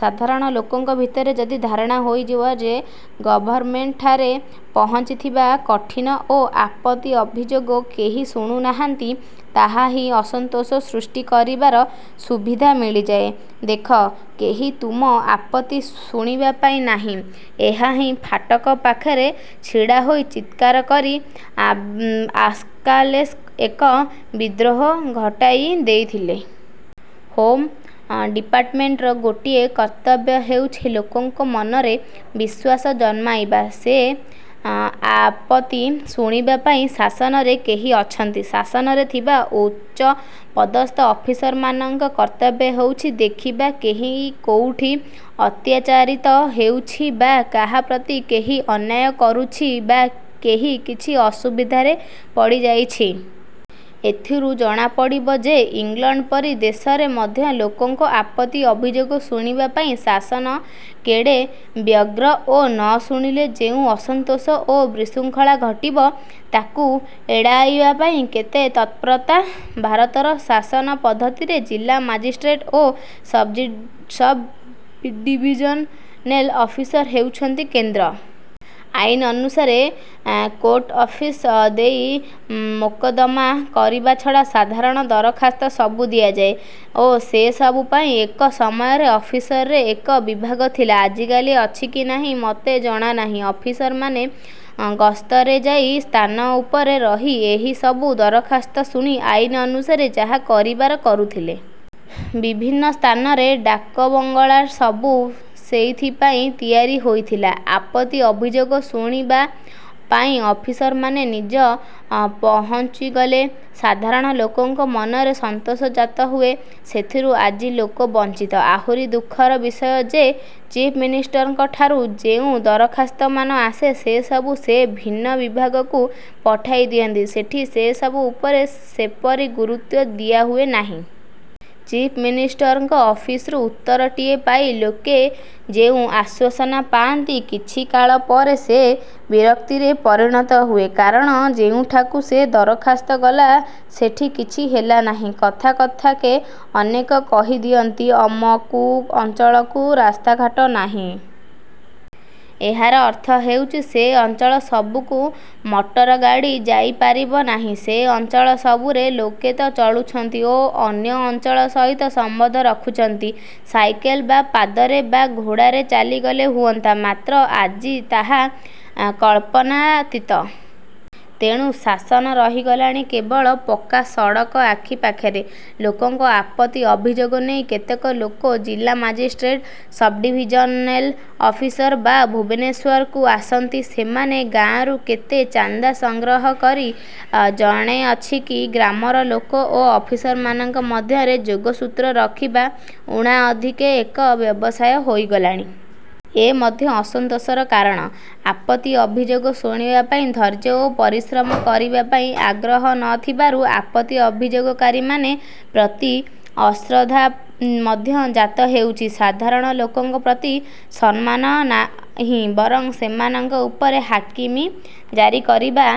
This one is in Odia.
ସାଧାରଣ ଲୋକଙ୍କ ଭିତରେ ଯଦି ଧାରଣା ହୋଇଯାଏ ଯେ ଗଭର୍ଣ୍ଣମେଣ୍ଟଠାରେ ପହଞ୍ଚିବା କଠିନ ଓ ଆପତ୍ତି ଅଭିଯୋଗ କେହି ଶୁଣୁ ନାହାନ୍ତି, ତାହା ହିଁ ଅସନ୍ତୋଷ ସୃଷ୍ଟି କରିବାର ସୁବିଧା ମିଳିଯାଏ। ''ଦେଖ, କେହି ତୁମ ଆପତ୍ତି ଶୁଣିବା ପାଇଁ ନାହିଁ। '' ଏହାହିଁ ଫାଟକ ପାଖରେ ଛିଡ଼ାହୋଇ ଚିତ୍କାର କରି ଆବ୍ସାଲେମ ଏକ ବିଦ୍ରୋହ ଘଟାଇ ଦେଇଥିଲେ। ହୋମ୍ ଡିପାର୍ଟମେଣ୍ଟର ଗୋଟିଏ କର୍ତ୍ତବ୍ୟ ହେଉଛି, ଲୋକଙ୍କ ମନରେ ବିଶ୍ୱାସ ଜନ୍ମାଇବା ଯେ ଆପତ୍ତି ଶୁଣିବା ପାଇଁ ଶାସନରେ କେହି ଅଛନ୍ତି। ଶାସନରେ ଥିବା ଉଚ୍ଚପଦସ୍ଥ ଅଫିସରମାନଙ୍କ କର୍ତ୍ତବ୍ୟ ହେଉଛି ଦେଖିବା କେହି କେଉଁଠି ଅତ୍ୟାଚାରିତ ହେଉଛି ବା କାହା ପ୍ରତି କେହି ଅନ୍ୟାୟ କରୁଛି ବା କେହି କିଛି ଅସୁବିଧାରେ ପଡ଼ିଯାଇଛି। ଏଥିରୁ ଜଣାପଡ଼ିବ ଯେ ଇଂଲଣ୍ଡ ପରି ଦେଶରେ ମଧ୍ୟ ଲୋକଙ୍କ ଆପତ୍ତି ଅଭିଯୋଗ ଶୁଣିବା ପାଇଁ ଶାସନ କେଡ଼େ ବ୍ୟଗ୍ର ଓ ନ ଶୁଣିଲେ ଯେଉଁ ଅସନ୍ତୋଷ ଓ ବିଶୃଙ୍ଖଳା ଘଟିବ; ତାକୁ ଏଡ଼େଇବା ପାଇଁ କେତେ ତତ୍ପରତା। ଭାରତର ଶାସନ ପଦ୍ଧତିରେ ଜିଲ୍ଲା ମାଜିଷ୍ଟ୍ରେଟ ଓ ସବ୍ଡ଼ିଭିଜନେଲ ଅଫିସର ହେଉଛନ୍ତି କେନ୍ଦ୍ର। ଆଇନ ଅନୁସାରେ କୋର୍ଟଫିସ ଦେଇ ମୋକଦ୍ଦମା କରିବା ଛଡ଼ା ସାଧାରଣ ଦରଖାସ୍ତ ସବୁ ଦିଆଯାଏ ଓ ସେ ସବୁ ପାଇଁ ଏକ ସମୟରେ ଅଫିସରରେ ଏକ ବିଭାଗ ଥିଲା। ଆଜିକାଲି ଅଛି କି ନାହିଁ ମୋତେ ଜଣାନାହିଁ। ଅଫିସରମାନେ ଗସ୍ତରେ ଯାଇ ସ୍ଥାନ ଉପରେ ରହି ଏହି ସବୁ ଦରଖାସ୍ତ ଶୁଣି ଆଇନ ଅନୁସାରେ ଯାହା କରିବାର କରୁଥିଲେ। ବିଭିନ୍ନ ସ୍ଥାନରେ ଡାକବଙ୍ଗଳା ସବୁ ସେଇଥିପାଇଁ ତିଆରି ହୋଇଥିଲା। ଆପତ୍ତି ଅଭିଯୋଗ ଶୁଣିବା ପାଇଁ ଅଫିସରମାନେ ନିଜେ ପହୁଞ୍ଚିଗଲେ ସାଧାରଣ ଲୋକଙ୍କ ମନରେ ସନ୍ତୋଷ ଜାତ ହୁଏ। ସେଥିରୁ ଆଜି ଲୋକେ ବଞ୍ଚିତ। ଆହୁରି ଦୁଃଖର ବିଷୟ ଯେ ଚିଫ୍ ମିନିଷ୍ଟରଙ୍କଠାକୁ ଯେଉଁ ଦରଖାସ୍ତମାନ ଆସେ ସେ ସବୁ ସେ ବିଭିନ୍ନ ବିଭାଗକୁ ପଠାଇ ଦିଅନ୍ତି, ସେଠି ସେ ସବୁ ଉପରେ ସେପରି ଗୁରୁତ୍ୱ ଦିଆହୁଏ ନାହିଁ। ଚିଫ୍ ମିନିଷ୍ଟରଙ୍କ ଅଫିସରୁ ଉତ୍ତରଟିଏ ପାଇ ଲୋକେ ଯେଉଁ ଆଶ୍ୱାସନା। ପାଆନ୍ତି, କିଛିକାଳ ପରେ ସେ ବିରକ୍ତିରେ ପରିଣତ ହୁଏ; କାରଣ ଯେଉଁଠାକୁ ସେ ଦରଖାସ୍ତ ଗଲା ସେଠି କିଛି ହେଲା ନାହିଁ। କଥା କଥାକେ ଅନେକ କହି ଦିଅନ୍ତି ଅମୁକ ଅଞ୍ଚଳକୁ ରାସ୍ତାଘାଟ ନାହିଁ। ଏହାର ଅର୍ଥ ହେଉଛି ସେ ଅଞ୍ଚଳ ସବୁକୁ ମଟର ଗାଡ଼ି ଯାଇପାରିବ ନାହିଁ। ସେ ଅଞ୍ଚଳ ସବୁରେ ଲୋକେ ତ ଚଳୁଛନ୍ତି ଓ ଅନ୍ୟ ଅଞ୍ଚଳ ସହିତ ସମ୍ବନ୍ଧ ରଖୁଛନ୍ତି। ସାଇକେଲ ବା ପାଦରେ ବା ଘୋଡ଼ାରେ ଚାଲିଗଲେ ହୁଅନ୍ତା; ମାତ୍ର ଆଜି ତାହା କଳ୍ପନାତୀତ। ତେଣୁ ଶାସନ ରହିଗଲାଣି କେବଳ ପକ୍କା ସଡ଼କ ଆଖି ପାଖରେ। ଲୋକଙ୍କ ଆପତ୍ତି ଅଭିଯୋଗ ନେଇ କେତେକ ଲୋକ ଜିଲା ମାଜିଷ୍ଟ୍ରେଟ, ସବଡ଼ିଭିଜନେଲ ଅଫିସର ବା ଭୁବନେଶ୍ୱରକୁ ଆସନ୍ତି, ସେମାନେ ଗାଁରୁ କେତେ ଚାନ୍ଦା ସଂଗ୍ରହ କରନ୍ତି, ଜଣା ଅଛି କି? ଗ୍ରାମର ଲୋକ ଓ ଅଫିସରମାନଙ୍କ ମଧ୍ୟରେ ଯୋଗସୂତ୍ର ରଖିବା ଊଣା ଅଧିକେ ଏକ ବ୍ୟବସାୟ ହୋଇଗଲାଣି। ଏ ମଧ୍ୟ ଅସନ୍ତୋଷର କାରଣ। ଆପତ୍ତି ଅଭିଯୋଗ ଶୁଣିବା ପାଇଁ ଧୈର୍ଯ୍ୟ ଓ ପରିଶ୍ରମ କରିବା ପାଇଁ ଆଗ୍ରହ ନ ଥିବାରୁ ଆପତ୍ତି ଅଭିଯୋଗକାରୀମାନଙ୍କ ପ୍ରତି ଅଶ୍ରଦ୍ଧା ମଧ୍ୟ ଜାତ ହେଉଛି। ସାଧାରଣ ଲୋକଙ୍କ ପ୍ରତି ସମ୍ମାନ ତ ନାହିଁ ବରଂ ସେମାନଙ୍କ ଉପରେ ହାକିମ ଜାରିକରିବା